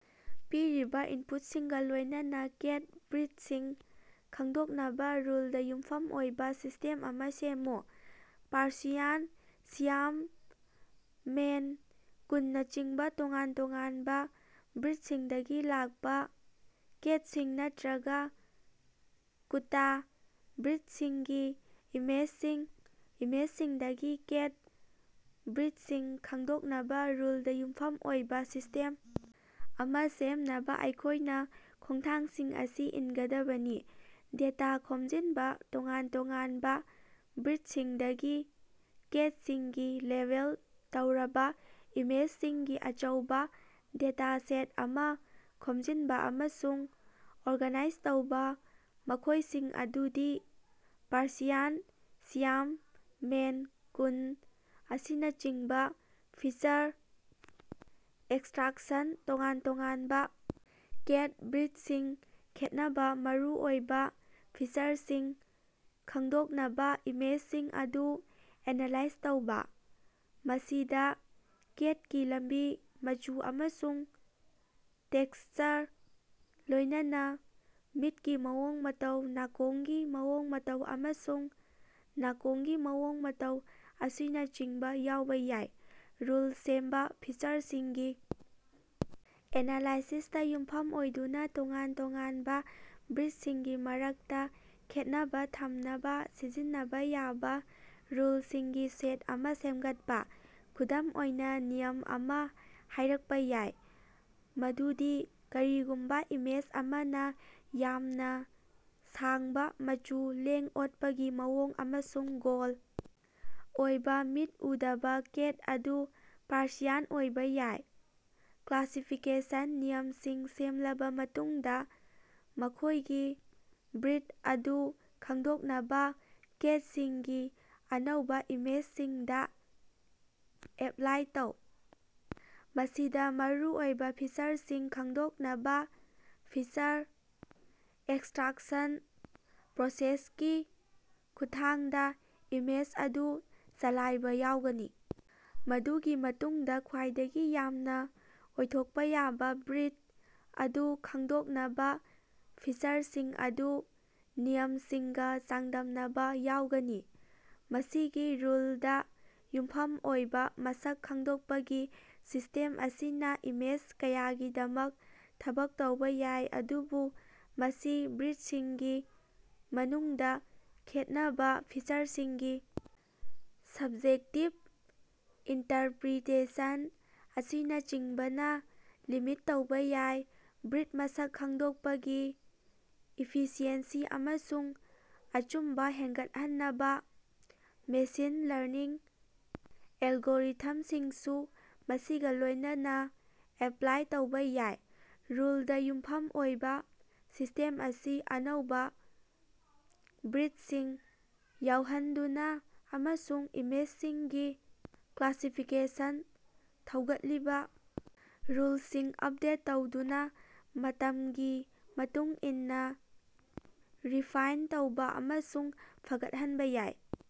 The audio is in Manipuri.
ꯄꯤꯔꯤꯕ ꯏꯟꯄꯨꯠꯁꯤꯡꯒ ꯂꯣꯏꯅꯅ ꯀꯦꯠ ꯕ꯭ꯔꯤꯠꯁꯤꯡ ꯈꯪꯗꯣꯛꯅꯕ ꯔꯨꯜꯗ ꯌꯨꯝꯐꯝ ꯑꯣꯏꯕ ꯁꯤꯁꯇꯦꯝ ꯑꯃ ꯁꯦꯝꯃꯨ꯫ ꯄꯥꯔꯁꯤꯌꯥꯟ ꯁꯤꯌꯥꯝ ꯃꯦꯟ ꯀꯨꯟꯅꯆꯤꯡꯕ ꯇꯣꯉꯥꯟ ꯇꯣꯉꯥꯟꯕ ꯕ꯭ꯔꯤꯠꯁꯤꯡꯗꯒꯤ ꯂꯥꯛꯄ ꯀꯦꯠꯁꯤꯡ ꯅꯠꯇ꯭ꯔꯒꯥ ꯀꯨꯠꯇꯥ ꯕ꯭ꯔꯤꯠꯁꯤꯡꯒꯤ ꯏꯃꯦꯖꯁꯤꯡ꯫ ꯏꯃꯦꯖꯁꯤꯡꯗꯒꯤ ꯀꯦꯠ ꯕ꯭ꯔꯤꯠꯁꯤꯡ ꯈꯪꯗꯣꯛꯅꯕ ꯔꯨꯜꯗ ꯌꯨꯝꯐꯝ ꯑꯣꯏꯕ ꯁꯤꯁꯇꯦꯝ ꯑꯃ ꯁꯦꯝꯅꯕ ꯑꯩꯈꯣꯏꯅ ꯈꯣꯡꯊꯥꯡꯁꯤꯡ ꯑꯁꯤ ꯏꯟꯒꯗꯕꯅꯤ ꯗꯦꯇꯥ ꯈꯣꯝꯖꯤꯟꯕꯥ ꯇꯣꯉꯥꯟ ꯇꯣꯉꯥꯟꯕ ꯕ꯭ꯔꯤꯠꯁꯤꯡꯗꯒꯤ ꯀꯦꯠꯁꯤꯡꯒꯤ ꯂꯦꯕꯦꯜ ꯇꯧꯔꯕ ꯏꯃꯦꯖꯁꯤꯡꯒꯤ ꯑꯆꯧꯕ ꯗꯦꯇꯥꯁꯦꯠ ꯑꯃ ꯈꯣꯝꯖꯤꯟꯕ ꯑꯃꯁꯨꯡ ꯑꯣꯔꯒꯅꯥꯏꯖ ꯇꯧꯕ ꯃꯈꯣꯏꯁꯤꯡ ꯑꯗꯨꯗꯤ ꯄꯥꯔꯁꯤꯌꯥꯟ ꯁꯤꯌꯥꯝ ꯃꯦꯟ ꯀꯨꯟ ꯑꯁꯤꯅꯆꯤꯡꯕ ꯐꯤꯆꯔ ꯑꯦꯛꯁꯇꯔꯥꯛꯁꯟ ꯇꯣꯉꯥꯟ ꯇꯣꯉꯥꯟꯕ ꯀꯦꯠ ꯕ꯭ꯔꯤꯠꯁꯤꯡ ꯈꯦꯠꯅꯕ ꯃꯔꯨꯑꯣꯏꯕ ꯐꯤꯆꯔꯁꯤꯡ ꯈꯪꯗꯣꯛꯅꯕ ꯏꯃꯦꯖꯁꯤꯡ ꯑꯗꯨ ꯑꯦꯅꯥꯂꯥꯏꯖ ꯇꯧꯕ꯫ ꯃꯁꯤꯗ ꯀꯣꯠꯀꯤ ꯂꯝꯕꯤ ꯃꯆꯨ ꯑꯃꯁꯨꯡ ꯇꯦꯛꯁꯆꯔ ꯂꯣꯏꯅꯅ ꯃꯤꯠꯀꯤ ꯃꯑꯣꯡ ꯃꯇꯧ ꯅꯥꯀꯣꯡꯒꯤ ꯃꯑꯣꯡ ꯃꯇꯧ ꯑꯃꯁꯨꯡ ꯅꯥꯀꯣꯡꯒꯤ ꯃꯑꯣꯡ ꯃꯇꯧ ꯑꯁꯤꯅꯆꯤꯡꯕ ꯌꯥꯎꯕ ꯌꯥꯏ꯫ ꯔꯨꯜ ꯁꯦꯝꯕ ꯐꯤꯆꯔꯁꯤꯡꯒꯤ ꯑꯦꯅꯥꯂꯥꯏꯁꯤꯁꯇꯥ ꯌꯨꯝꯐꯝ ꯑꯣꯏꯗꯨꯅ ꯇꯣꯉꯥꯟ ꯇꯣꯉꯥꯟꯕ ꯕ꯭ꯔꯤꯠꯁꯤꯡꯒꯤ ꯃꯔꯛꯇ ꯈꯦꯠꯅꯕ ꯊꯝꯅꯕ ꯁꯤꯖꯤꯟꯅꯕ ꯌꯥꯕ ꯔꯨꯜꯁꯤꯡꯒꯤ ꯁꯦꯠ ꯑꯃ ꯁꯦꯝꯒꯠꯄ꯫ ꯈꯨꯗꯝ ꯑꯣꯏꯅ ꯅꯤꯌꯝ ꯑꯃꯅ ꯍꯥꯏꯔꯛꯄ ꯌꯥꯏ ꯃꯗꯨꯗꯤ ꯀꯔꯤꯒꯨꯝꯕ ꯏꯃꯦꯖ ꯑꯃꯅ ꯌꯥꯝꯅ ꯁꯥꯡꯕ ꯃꯆꯨ ꯂꯦꯡ ꯑꯣꯠꯄꯒꯤ ꯃꯑꯣꯡ ꯑꯃꯁꯨꯡ ꯒꯣꯜꯗ ꯑꯣꯏꯕ ꯃꯤꯠ ꯎꯗꯕ ꯀꯦꯠ ꯑꯗꯨ ꯄꯥꯔꯁꯤꯌꯥꯟ ꯑꯣꯏꯕ ꯌꯥꯏ꯫ ꯀ꯭ꯂꯥꯁꯤꯐꯤꯀꯦꯁꯟ ꯅꯤꯌꯝꯁꯤꯡ ꯁꯦꯝꯂꯕ ꯃꯇꯨꯡꯗ ꯃꯈꯣꯏꯒꯤ ꯕ꯭ꯔꯤꯠ ꯑꯗꯨ ꯈꯪꯗꯣꯛꯅꯕ ꯀꯦꯠꯁꯤꯡꯒꯤ ꯑꯅꯧꯕ ꯏꯃꯦꯖꯁꯤꯡꯗ ꯑꯦꯞꯂꯥꯏ ꯇꯧ꯫ ꯃꯁꯤꯗ ꯃꯔꯨꯑꯣꯏꯕ ꯐꯤꯆꯔꯁꯤꯡ ꯈꯪꯗꯣꯛꯅꯕ ꯐꯤꯆꯔ ꯑꯦꯛꯁꯇꯔꯥꯛꯁꯟ ꯄ꯭ꯔꯣꯁꯦꯁꯀꯤ ꯈꯨꯠꯊꯥꯡꯗ ꯏꯃꯦꯖ ꯑꯗꯨ ꯆꯂꯥꯏꯕ ꯌꯥꯎꯒꯅꯤ ꯃꯗꯨꯒꯤ ꯃꯇꯨꯡꯗ ꯈ꯭ꯋꯥꯏꯗꯒꯤ ꯌꯥꯝꯅ ꯑꯣꯏꯊꯣꯛꯄ ꯌꯥꯕ ꯕ꯭ꯔꯤꯠ ꯑꯗꯨ ꯈꯡꯗꯣꯛꯅꯕ ꯐꯤꯆꯔꯁꯤꯡ ꯑꯗꯨ ꯅꯤꯌꯝꯁꯤꯡꯒ ꯆꯥꯡꯗꯝꯅꯕ ꯌꯥꯎꯒꯅꯤ꯫ ꯃꯁꯤꯒꯤ ꯔꯨꯜꯗ ꯌꯨꯝꯐꯝ ꯑꯣꯏꯕ ꯃꯁꯛ ꯈꯪꯗꯣꯛꯄꯒꯤ ꯁꯤꯁ꯭ꯇꯦꯝ ꯑꯁꯤꯅ ꯏꯃꯦꯖ ꯀꯌꯥꯒꯤꯗꯃꯛ ꯊꯕꯛ ꯇꯧꯕ ꯌꯥꯏ ꯑꯗꯨꯕꯨ ꯃꯁꯤ ꯕ꯭ꯔꯤꯠꯁꯤꯡꯒꯤ ꯃꯅꯨꯡꯗ ꯈꯦꯠꯅꯕ ꯐꯤꯆꯔꯁꯤꯡꯒꯤ ꯁꯕꯖꯦꯛꯇꯤꯕ ꯏꯟꯇꯔꯄꯔꯤꯇꯦꯁꯟ ꯑꯁꯤꯅꯆꯤꯡꯕꯅ ꯂꯤꯃꯤꯠ ꯇꯧꯕ ꯌꯥꯏ ꯕ꯭ꯔꯤꯠ ꯃꯁꯛ ꯈꯪꯗꯣꯛꯄꯒꯤ ꯏꯐꯤꯁꯤꯑꯦꯟꯁꯤ ꯑꯃꯁꯨꯡ ꯑꯆꯨꯝꯕ ꯍꯦꯟꯒꯠꯍꯟꯅꯕ ꯃꯦꯁꯤꯟ ꯂꯔꯅꯤꯡ ꯑꯦꯜꯒꯣꯔꯤꯊꯝꯁꯤꯡꯁꯨ ꯃꯁꯤꯒ ꯂꯣꯏꯅꯅ ꯑꯦꯞꯂꯥꯏ ꯇꯧꯕ ꯌꯥꯏ꯫ ꯔꯨꯜꯗ ꯌꯨꯝꯐꯝ ꯑꯣꯏꯕ ꯁꯤꯁꯇꯦꯝ ꯑꯁꯤ ꯑꯅꯧꯕ ꯕ꯭ꯔꯤꯠꯁꯤꯡ ꯌꯥꯎꯍꯟꯗꯨꯅ ꯑꯃꯁꯨꯡ ꯏꯃꯦꯖꯁꯤꯡꯒꯤ ꯀ꯭ꯂꯥꯁꯤꯐꯤꯀꯦꯁꯟ ꯊꯧꯒꯠꯂꯤꯕ ꯔꯨꯜꯁꯤꯡ ꯑꯞꯗꯦꯠ ꯇꯧꯗꯨꯅ ꯃꯇꯝꯒꯤ ꯃꯇꯨꯡ ꯏꯟꯅ ꯔꯤꯐꯥꯏꯟ ꯇꯧꯕ ꯑꯃꯁꯨꯡ ꯐꯒꯠꯍꯟꯕ ꯌꯥꯏ꯫